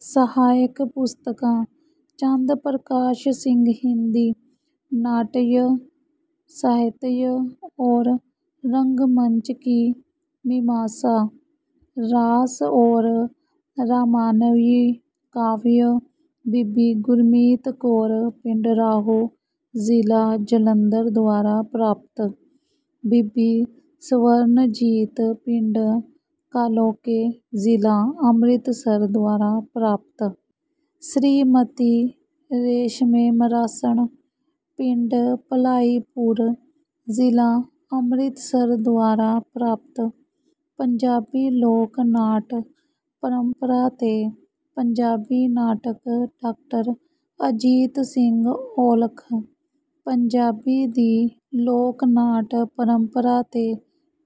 ਸਹਾਇਕ ਪੁਸਤਕਾਂ: ਚੰਦ ਪ੍ਰਕਾਸ਼ ਸਿੰਘ ਹਿੰਦੀ ਨਾਟਯ ਸਾਹਿਤਯ ਔਰ ਰੰਗ-ਮੰਚ ਕੀ ਮੀਮਾਂਸਾ। ਰਾਸ ਔਰ ਰਾਮਾਨਵਯੀ ਕਾਵਯ। ਬੀਬੀ ਗੁਰਮੀਤ ਕੌਰ, ਪਿੰਡ ਰਾਹੋਂ ਜ਼ਿਲ੍ਹਾ ਜਲੰਧਰ ਦੁਆਰਾ ਪ੍ਰਾਪਤ। ਬੀਬੀ ਸਵਰਨਜੀਤ, ਪਿੰਡ ਕਾਲੋਕੇ ਜ਼ਿਲ੍ਹਾ ਅੰਮ੍ਰਿਤਸਰ ਦੁਆਰਾ ਪ੍ਰਾਪਤ। ਸ੍ਰੀਮਤੀ ਰੇਸ਼ਮੇ ਮਰਾਸਣ, ਪਿੰਡ ਭਲਾਈਪੁਰ, ਜ਼ਿਲ੍ਹਾ ਅੰਮ੍ਰਿਤਸਰ ਦੁਆਰਾ ਪ੍ਰਾਪਤ। ਪੰਜਾਬੀ ਲੋਕ ਨਾਟ ਪਰੰਪਰਾ ਤੇ ਪੰਜਾਬੀ ਨਾਟਕ – ਡਾਕਟਰ ਅਜੀਤ ਸਿੰਘ ਔਲਖ। ਪੰਜਾਬੀ ਦੀ ਲੋਕ ਨਾਟ ਪਰੰਪਰਾ ਤੇ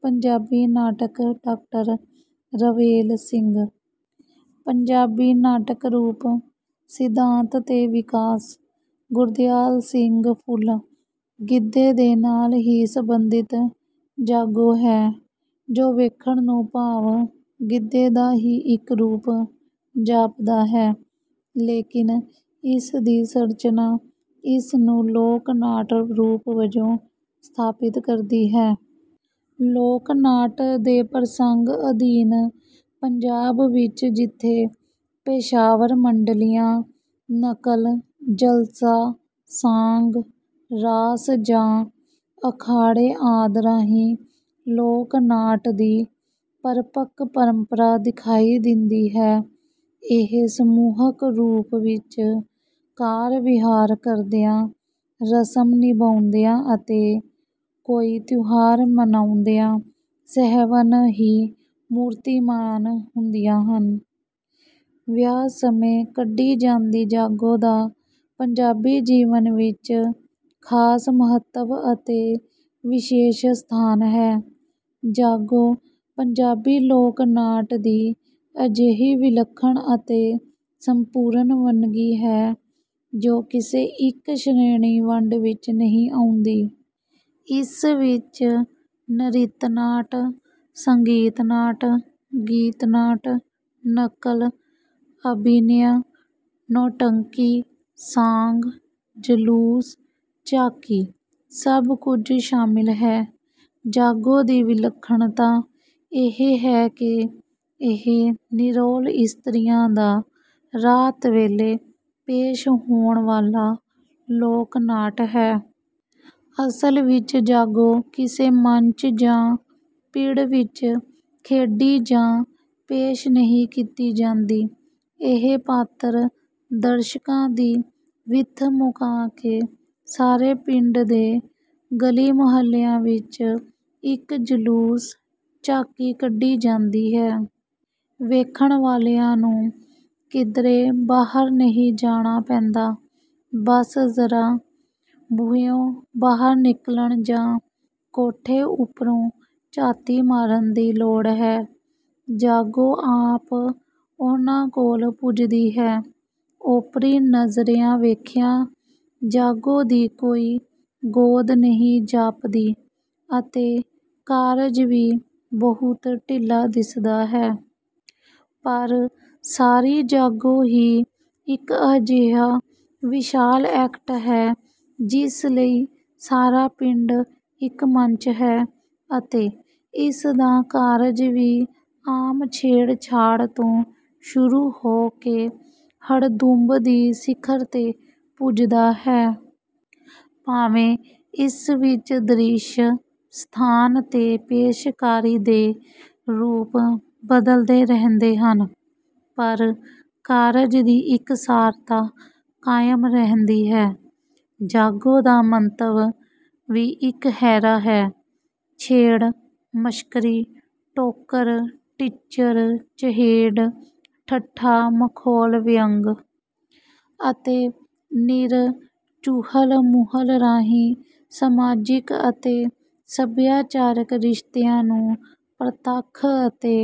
ਪੰਜਾਬੀ ਨਾਟਕ – ਡਾਕਟਰ ਰਵੇਲ ਸਿੰਘ। ਪੰਜਾਬੀ ਨਾਟਕ ਰੂਪ, ਸਿਧਾਂਤ ਤੇ ਵਿਕਾਸ – ਗੁਰਦਿਆਲ ਸਿੰਘ ਫੁੱਲ। ਗਿੱਧੇ ਦੇ ਨਾਲ ਹੀ ਸੰਬੰਧਿਤ 'ਜਾਗੋ' ਹੈ ਜੋ ਵੇਖਣ ਨੂੰ ਭਾਵ ਗਿੱਧੇ ਦਾ ਹੀ ਇੱਕ ਰੂਪ ਜਾਪਦਾ ਹੈ, ਲੇਕਿਨ ਇਸ ਦੀ ਸੰਰਚਨਾ ਇਸ ਨੂੰ ਲੋਕ ਨਾਟ ਰੂਪ ਵਜੋਂ ਸਥਾਪਿਤ ਕਰਦੀ ਹੈ। ਲੋਕ ਨਾਟ ਦੇ ਪ੍ਰਸੰਗ ਅਧੀਨ ਪੰਜਾਬ ਵਿੱਚ ਜਿੱਥੇ ਪੇਸ਼ਾਵਰ ਮੰਡਲੀਆਂ ਨਕਲ, ਜਲਸਾ, ਸਾਂਗ, ਰਾਸ ਜਾਂ ਅਖਾੜੇ ਆਦਿ ਰਾਹੀਂ ਲੋਕ ਨਾਟ ਦੀ ਪਰਪੱਕ ਪਰੰਪਰਾ ਦਿਖਾਈ ਦਿੰਦੀ ਹੈ। ਇਹ ਸਮੂਹਕ ਰੂਪ ਵਿੱਚ ਕਾਰ-ਵਿਹਾਰ ਕਰਦਿਆਂ, ਰਸਮ ਨਿਭਾਉਂਦਿਆਂ ਅਤੇ ਕੋਈ ਤਿਉਹਾਰ ਮਨਾਉਂਦਿਆਂ ਸਹਿਵਨ ਹੀ ਮੂਰਤੀਮਾਨ ਹੁੰਦੀਆਂ ਹਨ। ਵਿਆਹ ਸਮੇਂ ਕੱਢੀ ਜਾਂਦੀ ਜਾਗੋ ਦਾ ਪੰਜਾਬੀ ਜੀਵਨ ਵਿੱਚ ਖ਼ਾਸ ਮਹੱਤਵ ਅਤੇ ਵਿਸ਼ੇਸ਼ ਸਥਾਨ ਹੈ। ਜਾਗੋ ਪੰਜਾਬੀ ਲੋਕ ਨਾਟ ਦੀ ਅਜਿਹੀ ਵਿਲੱਖਣ ਅਤੇ ਸੰਪੂਰਨ ਵੰਨਗੀ ਹੈ, ਜੋ ਕਿਸੇ ਇੱਕ ਸ਼੍ਰੇਣੀ-ਵੰਡ ਵਿੱਚ ਨਹੀਂ ਆਉਂਦੀ। ਇਸ ਵਿੱਚ ਨ੍ਰਿਤ ਨਾਟ, ਸੰਗੀਤ ਨਾਟ, ਗੀਤ ਨਾਟ, ਨਕਲ, ਅਭਿਨਯ, ਨੌਟੰਕੀ, ਸਾਂਗ, ਜਲੂਸ, ਝਾਕੀ ਸਭ ਕੁੱਝ ਸ਼ਾਮਿਲ ਹੈ। ਜਾਗੋ ਦੀ ਵਿਲੱਖਣਤਾ ਇਹ ਹੈ ਕਿ ਇਹ ਨਿਰੋਲ ਇਸਤਰੀਆਂ ਦਾ ਰਾਤ ਵੇਲੇ ਪੇਸ਼ ਹੋਣ ਵਾਲਾ ਲੋਕ ਨਾਟ ਹੈ। ਅਸਲ ਵਿੱਚ ਜਾਗੋ ਕਿਸੇ ਮੰਚ ਜਾਂ ਪਿੜ ਵਿੱਚ ਖੇਡੀ ਜਾਂ ਪੇਸ਼ ਨਹੀਂ ਕੀਤੀ ਜਾਂਦੀ। ਇਹ ਪਾਤਰ ਦਰਸ਼ਕਾਂ ਦੀ ਵਿੱਥ ਮੁਕਾ ਕੇ ਸਾਰੇ ਪਿੰਡ ਦੇ ਗਲੀ ਮੁਹੱਲਿਆਂ ਵਿੱਚ ਇੱਕ ਜਲੂਸ, ਝਾਕੀ ਕੱਢੀ ਜਾਂਦੀ ਹੈ। ਵੇਖਣ ਵਾਲਿਆਂ ਨੂੰ ਕਿਧਰੇ ਬਾਹਰ ਨਹੀਂ ਜਾਣਾ ਪੈਂਦਾ। ਬਸ ਜ਼ਰਾ ਬੂਹਿਓਂ ਬਾਹਰ ਨਿਕਲਣ ਜਾਂ ਕੋਠੇ ਉੱਪਰੋਂ ਝਾਤੀ ਮਾਰਨ ਦੀ ਲੋੜ ਹੈ। ਜਾਗੋ ਆਪ ਉਹਨਾਂ ਕੋਲ ਪੱਜਦੀ ਹੈ। ਓਪਰੀ ਨਜ਼ਰਿਆਂ ਵੇਖਿਆ ਜਾਗੋ ਦੀ ਕੋਈ ਗੋਂਦ ਨਹੀਂ ਜਾਪਦੀ ਅਤੇ ਕਾਰਜ ਵੀ ਬਹੁਤ ਢਿੱਲਾ ਦਿਸਦਾ ਹੈ। ਪਰ ਸਾਰੀ ਜਾਗੋ ਹੀ ਇੱਕ ਅਜਿਹਾ ਵਿਸ਼ਾਲ ਐਕਟ ਹੈ ਜਿਸ ਲਈ ਸਾਰਾ ਪਿੰਡ ਇੱਕ ਮੰਚ ਹੈ ਅਤੇ ਇਸ ਦਾ ਕਾਰਜ ਵੀ ਆਮ ਛੇੜ-ਛਾੜ ਤੋਂ ਸ਼ੁਰੂ ਹੋ ਕੇ ਹੜਦੁੰਬ ਦੀ ਸਿਖਰ ਤੇ ਪੁੱਜਦਾ ਹੈ। ਭਾਵੇਂ ਇਸ ਵਿੱਚ ਦ੍ਰਿਸ਼, ਸਥਾਨ ਤੇ ਪੇਸ਼ਕਾਰੀ ਦੇ ਰੂਪ ਬਦਲਦੇ ਰਹਿੰਦੇ ਹਨ ਪਰ ਕਾਰਜ ਦੀ ਇਕਸਾਰਤਾ ਕਾਇਮ ਰਹਿੰਦੀ ਹੈ। ਜਾਗੋ ਦਾ ਮੰਤਵ ਵੀ ਇਕਹਿਰਾ ਹੈ। ਛੇੜ, ਮਸ਼ਕਰੀ, ਟੋਕਰ, ਟਿੱਚਰ, ਚਹੇਡ, ਠੱਠਾ, ਮਖੌਲ, ਵਿਅੰਗ ਅਤੇ ਨਿਰ ਚੁਹਲ-ਮੁਹਲ ਰਾਹੀਂ ਸਮਾਜਿਕ ਅਤੇ ਸਭਿਆਚਾਰਕ ਰਿਸ਼ਤਿਆਂ ਨੂੰ ਪ੍ਰਤੱਖ ਅਤੇ